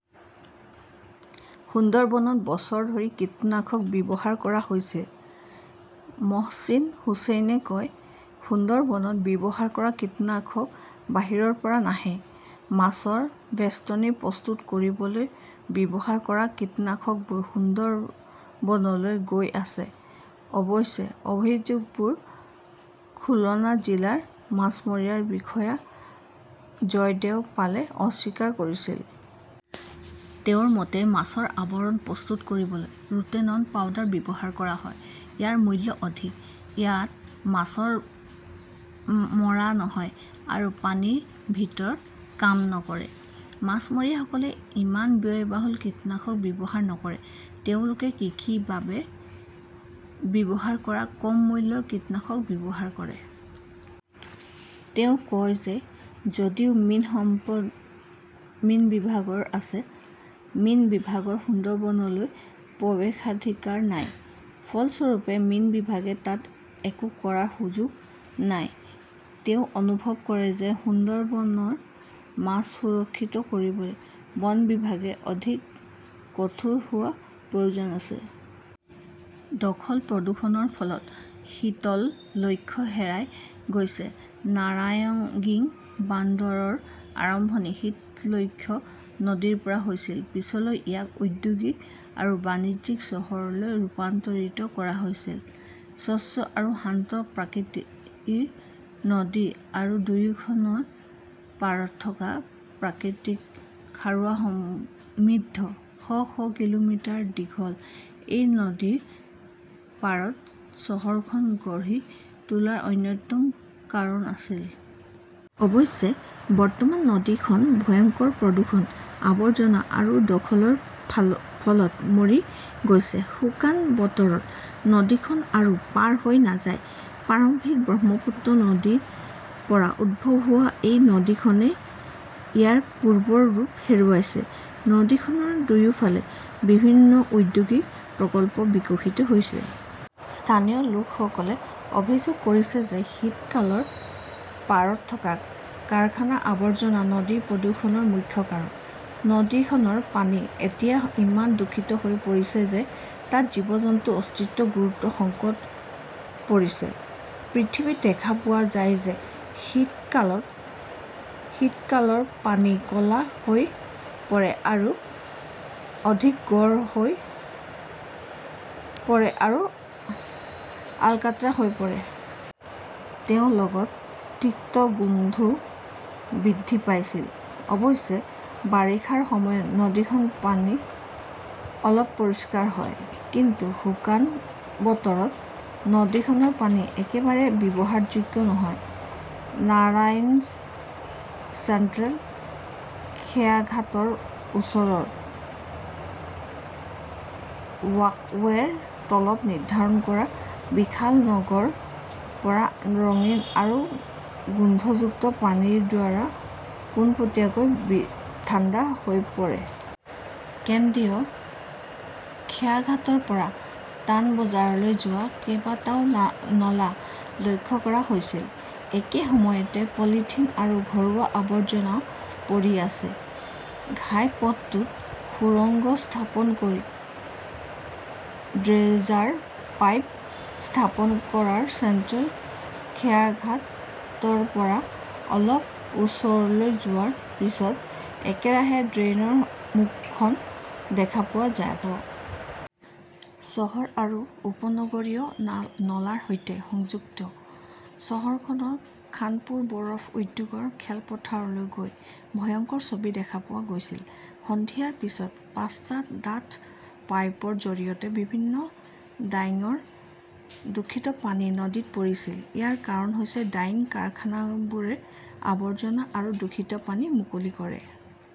সুন্দৰবনত বছৰ ধৰি কীটনাশক ব্যৱহাৰ কৰা হৈছে, মহচিন হুচেইনে কয়। সুন্দৰবনত ব্যৱহাৰ কৰা কীটনাশক বাহিৰৰ পৰা নাহে। মাছৰ বেষ্টনী প্ৰস্তুত কৰিবলৈ ব্যৱহাৰ কৰা কীটনাশকবোৰ সুন্দৰবনলৈ গৈ আছে। অৱশ্যে অভিযোগবোৰ খুলনা জিলা মাছমৰীয়া বিষয়া জয়দেব পালে অস্বীকাৰ কৰিছিল। তেওঁৰ মতে, মাছৰ আৱৰণ প্ৰস্তুত কৰিবলৈ ৰোটেনন পাউডাৰ ব্যৱহাৰ কৰা হয়। ইয়াৰ মূল্য অধিক। ইয়াত মাছ মৰা নহয় আৰু পানীৰ ভিতৰত কাম নকৰে। মাছমৰীয়াসকলে ইমান ব্যয়বহুল কীটনাশক ব্যৱহাৰ নকৰে। তেওঁলোকে কৃষিৰ বাবে ব্যৱহাৰ কৰা কম মূল্যৰ কীটনাশক ব্যৱহাৰ কৰে। তেওঁ কয় যে যদিও মীন সম্পদ মীন বিভাগৰ আছে, মীন বিভাগৰ সুন্দৰবনলৈ প্ৰৱেশাধিকাৰ নাই। ফলস্বৰূপে, মীন বিভাগে তাত একো কৰাৰ সুযোগ নাই, তেওঁ অনুভৱ কৰে যে সুন্দৰবনৰ মাছ সুৰক্ষিত কৰিবলৈ বন বিভাগে অধিক কঠোৰ হোৱাৰ প্ৰয়োজন আছে। দখল-প্ৰদূষণৰ ফলত শীতৰ লক্ষ্য হেৰাই গৈছে। নাৰায়ণগিং বন্দৰৰ আৰম্ভণি শীতলক্ষ্যা নদীৰ পৰা হৈছিল। পিছলৈ ইয়াক ঔদ্যোগিক আৰু বাণিজ্যিক চহৰলৈ ৰূপান্তৰিত কৰা হৈছিল। স্বচ্ছ আৰু শান্ত প্ৰকৃতিৰ নদী আৰু দুয়োখন পাৰত থকা প্ৰাকৃতিক খাৰুৱাৰ সমৃদ্ধি শ- শ কিলোমিটাৰ দীঘল, এই নদীৰ পাৰত চহৰখন গঢ়ি তোলাৰ অন্যতম কাৰণ আছিল। অৱশ্যে বৰ্তমান নদীখন ভয়ংকৰ প্ৰদূষণ, আৱৰ্জনা আৰু দখলৰ ফলত মৰি গৈছে। শুকান বতৰত নদীখন আৰু পাৰ হৈ নাযায়। প্ৰাৰম্ভিক ব্ৰহ্মপুত্ৰ নদীৰ পৰা উদ্ভৱ হোৱা এই নদীখনে ইয়াৰ পূৰ্বৰ ৰূপ হেৰুৱাইছে। নদীখনৰ দুয়োফালে বিভিন্ন ঔদ্যোগিক প্ৰকল্প বিকশিত হৈছে। স্থানীয় লোকসকলে অভিযোগ কৰিছে যে শীতলকৰ পাৰত থকা কাৰখানাৰ আৱৰ্জনা নদীৰ প্ৰদূষণৰ মুখ্য কাৰক। নদীখনৰ পানী এতিয়া ইমান দূষিত হৈ পৰিছে যে তাত জীৱ-জন্তুৰ অস্তিত্ব গুৰুতৰ সংকটত পৰিছে। পৃথিৱীত দেখা পোৱা যায় যে শীতকালত শীতলকশৰ পানী ক 'লা হৈ পৰে আৰু অধিক গাঢ় হৈ পৰে আৰু আলকাট্ৰা হৈ পৰে। তেওঁৰ লগত তিক্ত গোন্ধও বৃদ্ধি পাইছিল। অৱশ্যে, বাৰিষাৰ সময়ত নদীখনৰ পানী অলপ পৰিষ্কাৰ হয়, কিন্তু শুকান বতৰত নদীখনৰ পানী একেবাৰে ব্যৱহাৰযোগ্য নহয়। নাৰাংইজ চেণ্ট্ৰেল খেয়াঘাটৰ ওচৰৰ ৱাকৱেৰ তলত নিৰ্মাণ কৰা বিশাল নলাৰ পৰা ৰঙীন আৰু গোন্ধযুক্ত পানীৰ ধাৰা পোনপটীয়াকৈ ঠাণ্ডা হৈ পৰে। কেন্দ্ৰীয় খেয়াঘাটৰ পৰা তানবাজাৰলৈ যোৱা কেইবাটাও নলা লক্ষ্য কৰা হৈছিল, একে সময়তে পলিথিন আৰু ঘৰুৱা আৱৰ্জনাও পৰি আছে। ঘাইপথটোত সুৰঙ্গ স্থাপন কৰি ড্ৰেজাৰ পাইপ স্থাপন কৰা চেণ্ট্ৰেল খেয়াঘাটৰ পৰা অলপ উত্তৰলৈ যোৱাৰ পিছত একেৰাহে ড্ৰেইনৰ মুখখন দেখা পোৱা যাব। চহৰ আৰু উপনগৰীয় নলাৰ সৈতে সংযুক্ত। চহৰখনৰ খানপুৰ বৰফ উদ্যোগৰ খেলপথাৰলৈ গৈ ভয়ংকৰ ছবি দেখা পোৱা গৈছিল। সন্ধিয়াৰ পিছত পাঁচটা ডাঠ পাইপৰ জৰিয়তে বিভিন্ন ডাইঙৰ দূষিত পানী নদীত পৰিছিল। ইয়াৰ কাৰণ হৈছে ডাইং কাৰখানাবোৰে আৱৰ্জনা আৰু দূষিত পানী মুকলি কৰে।